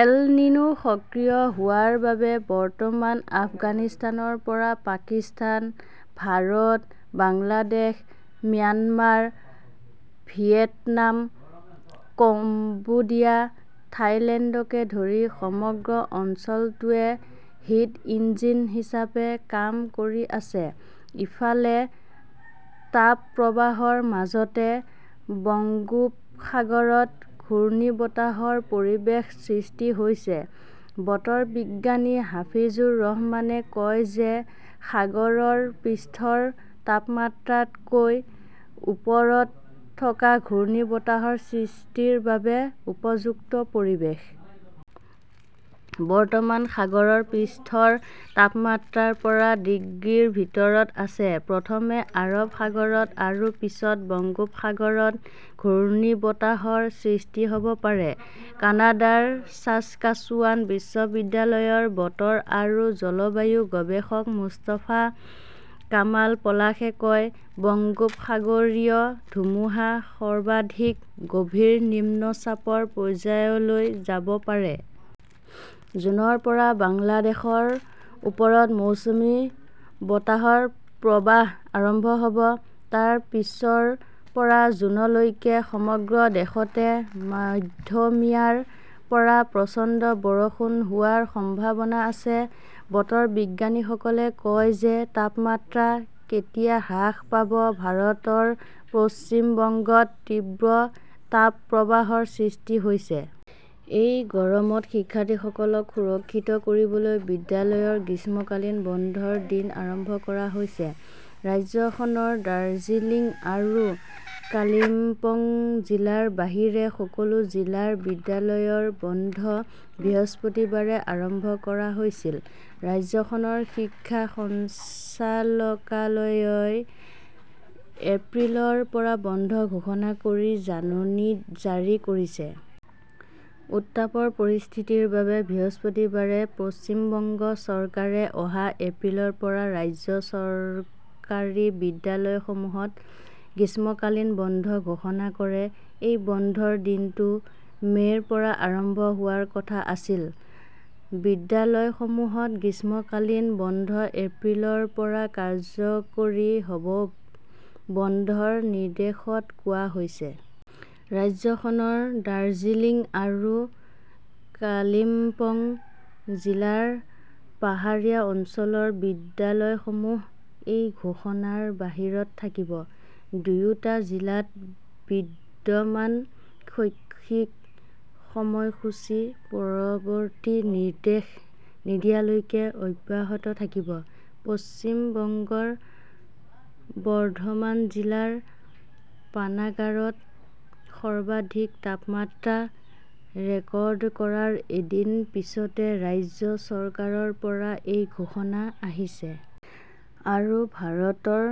L Nino সক্ৰিয় হোৱাৰ বাবে বৰ্তমান আফগানিস্তানৰ পৰা Pakistan, Bharat, Bangladesh, Myanmar, Vietnam, Cambodia, থাইলেণ্ডকে ধৰি সমগ্ৰ অঞ্চলটোৱে 'হিট ইঞ্জিন "হিচাপে কাম কৰি আছে। ইফালে, তাপপ্ৰবাহৰ মাজতে বংগোপসাগৰত ঘূৰ্ণীবতাহৰ পৰিৱেশ সৃষ্টি হৈছে। বতৰ বিজ্ঞানী হাফিজুৰ ৰহমানে কয় যে সাগৰৰ পৃষ্ঠৰ তাপমাত্ৰা তকৈ ওপৰত থকা ঘূৰ্ণীবতাহৰ সৃষ্টিৰ বাবে উপযুক্ত পৰিৱেশ। বৰ্তমান সাগৰৰ পৃষ্ঠৰ তাপমাত্ৰা ৰ পৰা ডিগ্ৰীৰ ভিতৰত আছে। প্ৰথমে আৰৱ সাগৰত আৰু পিছত বংগোপসাগৰত ঘূৰ্ণীবতাহৰ সৃষ্টি হ "ব পাৰে", কানাডাৰ ছাছকাচুৱান বিশ্ববিদ্যালয়ৰ বতৰ আৰু জলবায়ু গৱেষক মুস্তাফা কামাল পলাশে কয়। বংগোপসাগৰীয় ধুমুহা সৰ্বাধিক গভীৰ নিম্নচাপৰ পৰ্যায়লৈ যাব পাৰে। জুনৰ পৰা বাংলাদেশৰ ওপৰত মৌচুমী বতাহৰ প্ৰৱাহ আৰম্ভ হ 'ব। তাৰ পিছত ৰ পৰা জুনলৈকে সমগ্ৰ দেশতে মধ্যমীয়াৰ পৰা প্ৰচণ্ড বৰষুণ হোৱাৰ সম্ভাৱনা আছে। বতৰ বিজ্ঞানীসকলে কয় যে তাপমাত্ৰা কেতিয়া হ্ৰাস পাব ভাৰতৰ পশ্চিম বংগত তীব্ৰ তাপপ্ৰবাহৰ সৃষ্টি হৈছে। এই গৰমত শিক্ষাৰ্থীসকলক সুৰক্ষিত কৰিবলৈ বিদ্যালয়ৰ গ্ৰীষ্মকালীন বন্ধৰ দিন আৰম্ভ কৰা হৈছে। ৰাজ্যখনৰ দাৰ্জিলিং আৰু কালিম্পং জিলাৰ বাহিৰে সকলো জিলাৰ বিদ্যালয়ৰ বন্ধ বৃহস্পতিবাৰে আৰম্ভ কৰা হৈছিল। ৰাজ্যখনৰ শিক্ষা সঞ্চালকালয়ই এপ্ৰিলৰ পৰা বন্ধ ঘোষণা কৰি জাননী জাৰি কৰিছে। উত্তাপৰ পৰিস্থিতিৰ বাবে বৃহস্পতিবাৰে পশ্চিম বংগ চৰকাৰে অহা এপ্ৰিলৰ পৰা ৰাজ্য চৰকাৰী বিদ্যালয়সমূহত গ্ৰীষ্মকালীন বন্ধ ঘোষণা কৰে। এই বন্ধৰ দিনটো মে 'ৰ পৰা আৰম্ভ হোৱাৰ কথা আছিল। "বিদ্যালয়সমূহত গ্ৰীষ্মকালীন বন্ধ এপ্ৰিলৰ পৰা কাৰ্যকৰী হ" ব ", বন্ধৰ নিৰ্দেশত কোৱা হৈছে। ৰাজ্যখনৰ দাৰ্জিলিং আৰু কালিম্পং জিলাৰ পাহাৰীয়া অঞ্চলৰ বিদ্যালয়সমূহ এই ঘোষণাৰ বাহিৰত থাকিব। দুয়োটা জিলাত বিদ্যমান শৈক্ষিক সময়সূচী পৰৱৰ্তী নিৰ্দেশ নিদিয়ালৈকে অব্যাহত থাকিব। "পশ্চিম বংগৰ বৰ্ধমান জিলাৰ পানাগাৰত সৰ্বাধিক তাপমাত্ৰা ৰেকৰ্ড কৰাৰ এদিন পিছতে ৰাজ্য চৰকাৰৰ পৰা এই ঘোষণা আহিছে। আৰু ভাৰতৰ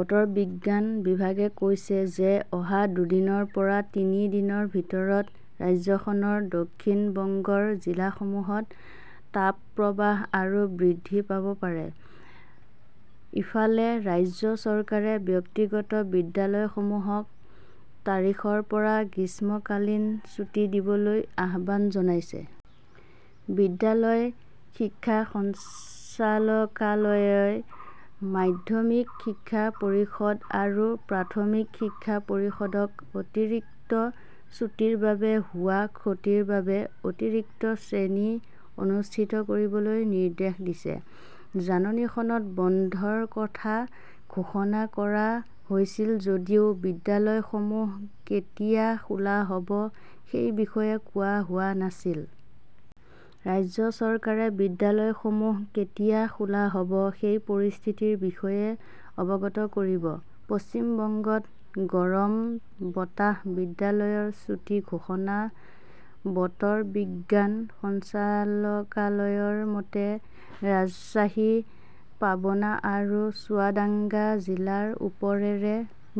বতৰ বিজ্ঞান বিভাগে কৈছে যে অহা দুদিনৰ পৰা তিনি দিনৰ ভিতৰত ৰাজ্যখনৰ দক্ষিণ বংগৰ জিলাসমূহত তাপপ্ৰবাহ আৰু বৃদ্ধি পাব পাৰে। ইফালে, ৰাজ্য চৰকাৰে ব্যক্তিগত বিদ্যালয়সমূহক তাৰিখৰ পৰা গ্ৰীষ্মকালীন ছুটী দিবলৈ আহ্বান জনাইছে। বিদ্যালয় শিক্ষা সঞ্চালকালয়ই মাধ্যমিক শিক্ষা পৰিষদ আৰু প্ৰাথমিক শিক্ষা পৰিষদক অতিৰিক্ত ছুটীৰ বাবে হোৱা ক্ষতিৰ বাবে অতিৰিক্ত শ্ৰেণী অনুষ্ঠিত কৰিবলৈ নিৰ্দেশ দিছে। জাননীখনত বন্ধৰ কথা ঘোষণা কৰা হৈছিল যদিও বিদ্যালয়সমূহ কেতিয়া খোলা হ "ব সেই বিষয়ে কোৱা হোৱা নাছিল। ৰাজ্য চৰকাৰে বিদ্যালয়সমূহ কেতিয়া খোলা হ "ব সেই পৰিস্থিতিৰ বিষয়ে অৱগত কৰিব। পশ্চিম বংগত গৰম বতাহ, বিদ্যালয়ৰ ছুটী ঘোষণা বতৰ বিজ্ঞান সঞ্চালকালয়ৰ মতে, ৰাজশ্বাহী, পাবনা আৰু চুৱাদাঙ্গা জিলাৰ ওপৰেৰে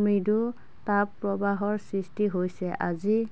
মৃদু তাপপ্ৰবাহৰ সৃষ্টি হৈছে। আজি